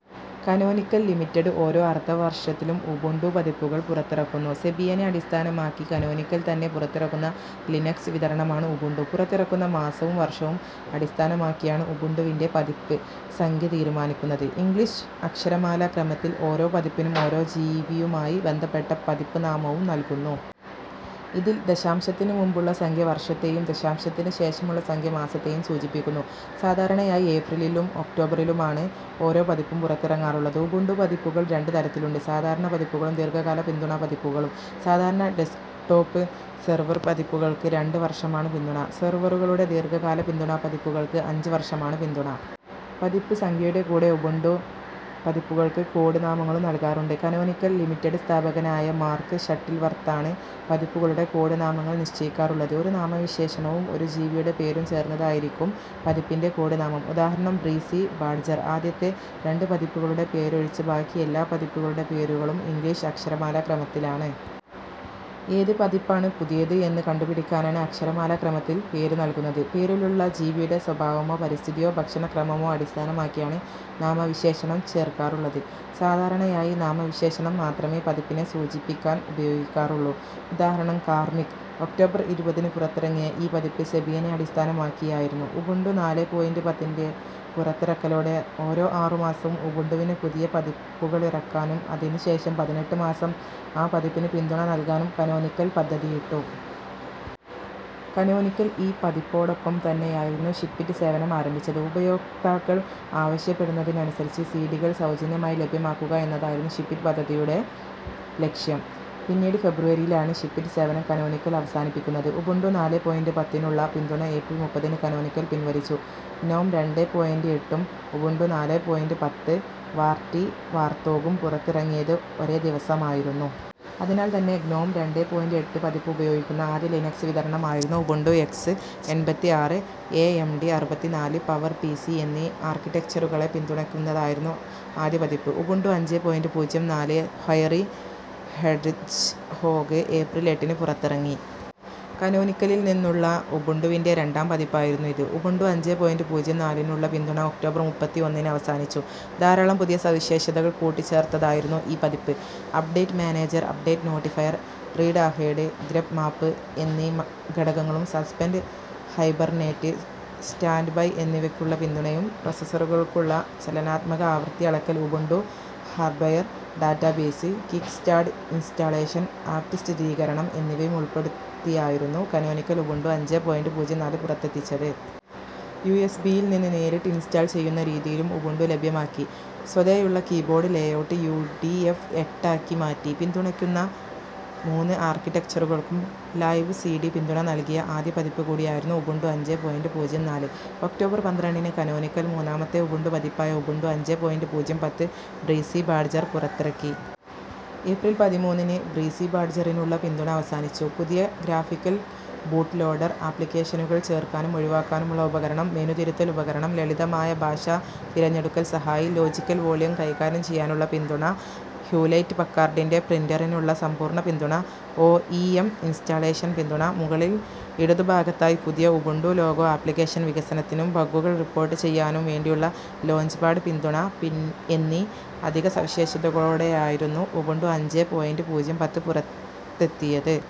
Canonical limited ഓരോ അർദ്ധവർഷത്തിലും Ubuntu പതിപ്പുകൾ പുറത്തിറക്കുന്നു. ഡെബിയനെ അടിസ്ഥാനമാക്കി കാനോനിക്കൽ തന്നെ പുറത്തിറക്കുന്ന ലിനക്സ് വിതരണമാണ് ഉബുണ്ടു. പുറത്തിറക്കുന്ന മാസവും വർഷവും അടിസ്ഥാനമാക്കിയാണ് ഉബുണ്ടുവിൻ്റെ പതിപ്പ് സംഖ്യ തീരുമാനിക്കുന്നത്. ഇംഗ്ലിഷ് അക്ഷരമാലാ ക്രമത്തിൽ ഓരോ പതിപ്പിനും ഓരോ ജീവിയുമായി ബന്ധപ്പെട്ട പതിപ്പ് നാമവും നൽകുന്നു. ഇതിൽ ദശാംശത്തിന് മുമ്പുള്ള സംഖ്യ വർഷത്തേയും ദശാംശത്തിന് ശേഷമുള്ള സംഖ്യ മാസത്തേയും സൂചിപ്പിക്കുന്നു. സാധാരണയായി ഏപ്രിലിലും ഒക്ടോബറിലുമാണ് ഓരോ പതിപ്പും പുറത്തിറങ്ങാറുള്ളത്. ഉബുണ്ടു പതിപ്പുകൾ രണ്ട് തരത്തിലുണ്ട്. സാധാരണ പതിപ്പുകളും ദീർഘകാല പിന്തുണാ പതിപ്പുകളും. സാധാരണ ഡെസ്ക്ടോപ്പ്, സെർവർ പതിപ്പുകൾക്ക് രണ്ട് വർഷമാണ് പിന്തുണ. സെർവറുകളുടെ ദീർഘകാല പിന്തുണാ പതിപ്പുകൾക്ക് അഞ്ച് വർഷമാണ് പിന്തുണ. പതിപ്പ് സംഖ്യയുടെ കൂടെ ഉബുണ്ടു പതിപ്പുകൾക്ക് കോഡ് നാമങ്ങളും നൽകാറുണ്ട്. കാനോനിക്കൽ ലിമിറ്റഡ് സ്ഥാപകനായ മാർക്ക് ഷട്ടിൽവർത്താണ് പതിപ്പുകളുടെ കോഡ് നാമങ്ങൾ നിശ്ചയിക്കാറുള്ളത്. ഒരു നാമവിശേഷണവും ഒരു ജീവിയുടെ പേരും ചേർന്നതായിരിക്കും പതിപ്പിൻ്റെ കോഡ് നാമം. ഉദാഹരണം ബ്രീസി ബാഡ്ജർ. ആദ്യത്തെ രണ്ട് പതിപ്പുകളുടെ പേരൊഴിച്ച് ബാക്കിയെല്ലാ പതിപ്പുകളുടെ പേരുകളും ഇംഗ്ലിഷ് അക്ഷരമാലാ ക്രമത്തിലാണ്. ഏത് പതിപ്പാണ് പുതിയത് എന്ന് കണ്ടുപിടിക്കാനാണ് അക്ഷരമാലാക്രമത്തിൽ പേര് നൽകുന്നത്. പേരിലുള്ള ജീവിയുടെ സ്വഭാവമോ പരിസ്ഥിതിയോ ഭക്ഷണക്രമമോ അടിസ്ഥാനമാക്കിയാണ് നാമവിശേഷണം ചേർക്കാറുള്ളത്. സാധാരണയായി നാമവിശേഷണം മാത്രമേ പതിപ്പിനെ സൂചിപ്പിക്കാൻ ഉപയോഗിക്കാറുള്ളൂ. ഉദാഹരണം കാർമിക്. ഒക്ടോബർ ഇരുപതിന് പുറത്തിറങ്ങിയ ഈ പതിപ്പ് ഡെബിയനെ അടിസ്ഥാനമാക്കിയായിരുന്നു. ഉബുണ്ടു നാലെ പോയിൻ്റ് പത്തിൻ്റെ പുറത്തിറക്കലോടെ ഓരോ ആറു മാസവും ഉബുണ്ടുവിന് പുതിയ പതിപ്പുകളിറക്കാനും അതിന് ശേഷം പതിനെട്ട് മാസം ആ പതിപ്പിന് പിന്തുണ നൽകാനും കാനോനിക്കൽ പദ്ധതിയിട്ടു. കാനോനിക്കൽ ഈ പതിപ്പോടൊപ്പം തന്നെയായിരുന്നു ഷിപ്പിറ്റ് സേവനം ആരംഭിച്ചത്. ഉപയോക്താക്കൾ ആവശ്യപ്പെടുന്നതിനനുസരിച്ച് സീഡികൾ സൗജന്യമായി ലഭ്യമാക്കുക എന്നതായിരുന്നു ഷിപ്പിറ്റ് പദ്ധതിയുടെ ലക്ഷ്യം. പിന്നീട് ഫെബ്രുവരിയിലാണ് ഷിപ്പിറ്റ് സേവനം കാനോനിക്കൽ അവസാനിപ്പിക്കുന്നത്. ഉബുണ്ടു നാലെ പോയിൻ്റ് പത്തിനുള്ള പിന്തുണ ഏപ്രിൽ മുപ്പതിന് കാനോനിക്കൽ പിൻവലിച്ചു. ഗ്നോം രണ്ടെ പോയിൻ്റ് എട്ടും ഉബുണ്ടു നാലെ പോയിൻ്റ് പത്ത് വാർറ്റി വാർത്തോഗും പുറത്തിറങ്ങിയത് ഒരേ ദിവസമായിരുന്നു. അതിനാൽ തന്നെ ഗ്നോം രണ്ടെ പോയിൻ്റ് എട്ട് പതിപ്പ് ഉപയോഗിക്കുന്ന ആദ്യ ലിനക്സ് വിതരണം ആയിരുന്നു ഉബുണ്ടു. എക്സ് എൺപത്തിആറ്, എഎംഡി അറുപത്തിനാല്, പവർപിസി എന്നീ ആർക്കിടെക്ചറുകളെ പിന്തുണക്കുന്നതായിരുന്നു ആദ്യ പതിപ്പ്. ഉബുണ്ടു അഞ്ചെ പോയിൻ്റ് പൂജ്യം നാല് ഹയറി ഹെഡ്ജ്ഹോഗ് ഏപ്രിൽ എട്ടിന് പുറത്തിറങ്ങി. കനോനിക്കലിൽ നിന്നുള്ള ഉബുണ്ടുവിൻ്റെ രണ്ടാം പതിപ്പായിരുന്നു ഇത്. ഉബുണ്ടു അഞ്ചെ പോയിൻ്റ് പൂജ്യം നാലിനുനുള്ള പിന്തുണ ഒക്ടോബർ മുപ്പത്തിഒന്നിന് അവസാനിച്ചു. ധാരാളം പുതിയ സവിശേഷതകൾ കൂട്ടിച്ചേർത്തതായിരുന്നു ഈ പതിപ്പ്. Update manager, update notifier, readahead, grep map എന്നീ ഘടകങ്ങളും സസ്പെൻഡ്, ഹൈബർനേറ്റ്, സ്റ്റാൻഡ്ബൈ എന്നിവക്കുള്ള പിന്തുണയും പ്രൊസസറുകൾക്കുള്ള ചലനാത്മക ആവൃത്തി അളക്കൽ, Ubuntu hardware database, kickstart installation, apt സ്ഥിരീകരണം എന്നിവയും ഉൾപ്പെടുത്തിയായിരുന്നു കനോനിക്കൽ ഉബുണ്ടു അഞ്ചെ പോയിൻ്റ് പൂജ്യം നാല് പുറത്തെത്തിച്ചത്. യുഎസ്ബിയിൽ നിന്ന് നേരിട്ട് ഇൻസ്റ്റാൾ ചെയ്യുന്ന രീതിയിലും ഉബുണ്ടു ലഭ്യമാക്കി. സ്വതേയുള്ള keyboard layout U. T. F എട്ടാക്കി മാറ്റി. പിന്തുണക്കുന്ന മൂന്ന് ആർക്കിടെക്ചറുകൾക്കും ലൈവ് സീഡി പിന്തുണ നൽകിയ ആദ്യ പതിപ്പ് കൂടിയായിരുന്നു ഉബുണ്ടു അഞ്ചെ പോയിൻ്റ് പൂജ്യം നാല്. ഒക്ടോബർ പന്ത്രണ്ടിന് കനോനിക്കൽ മൂന്നാമത്തെ ഉബുണ്ടു പതിപ്പായ ഉബുണ്ടു അഞ്ചെ പോയിൻ്റ് പൂജ്യം പത്ത് ബ്രീസി ബാഡ്ജർ പുറത്തിറക്കി. ഏപ്രിൽ പതിമൂന്നിന് ബ്രീസി ബാഡ്ജറിനുള്ള പിന്തുണ അവസാനിച്ചു. പുതിയ ഗ്രാഫിക്കൽ ബൂട്ട് ലോഡർ, ആപ്ലികേഷനുകൾ ചേർക്കാനും ഒഴിവാക്കാനുമുള്ള ഉപകരണം, മെനു തിരുത്തൽ ഉപകരണം, ലളിതമായ ഭാഷാ തിരഞ്ഞെടുക്കൽ സഹായി, ലോജികൽ വോള്യം കൈകാര്യം ചെയ്യാനുള്ള പിന്തുണ, ഹ്യൂലെറ്റ് പക്കാർഡിൻ്റെ പ്രിൻ്ററിനുള്ള സമ്പൂർണ്ണ പിന്തുണ, ഓഇഎം ഇൻസ്റ്റാളേഷൻ പിന്തുണ, മുകളിൽ ഇടതു ഭാഗത്തായി പുതിയ ഉബുണ്ടു ലോഗോ, ആപ്ലികേഷൻ വികസനത്തിനും ബഗ്ഗുകൾ റിപ്പോട്ട് ചെയ്യാനും വേണ്ടിയുള്ള ലോഞ്ച്പാഡ് പിന്തുണ പിൻ എന്നീ അധിക സവിശേഷതകളോടെയായിരുന്നു ഉബുണ്ടു അഞ്ചെ പോയിൻ്റ് പൂജ്യം പത്ത് പുറത്തെത്തിയത്.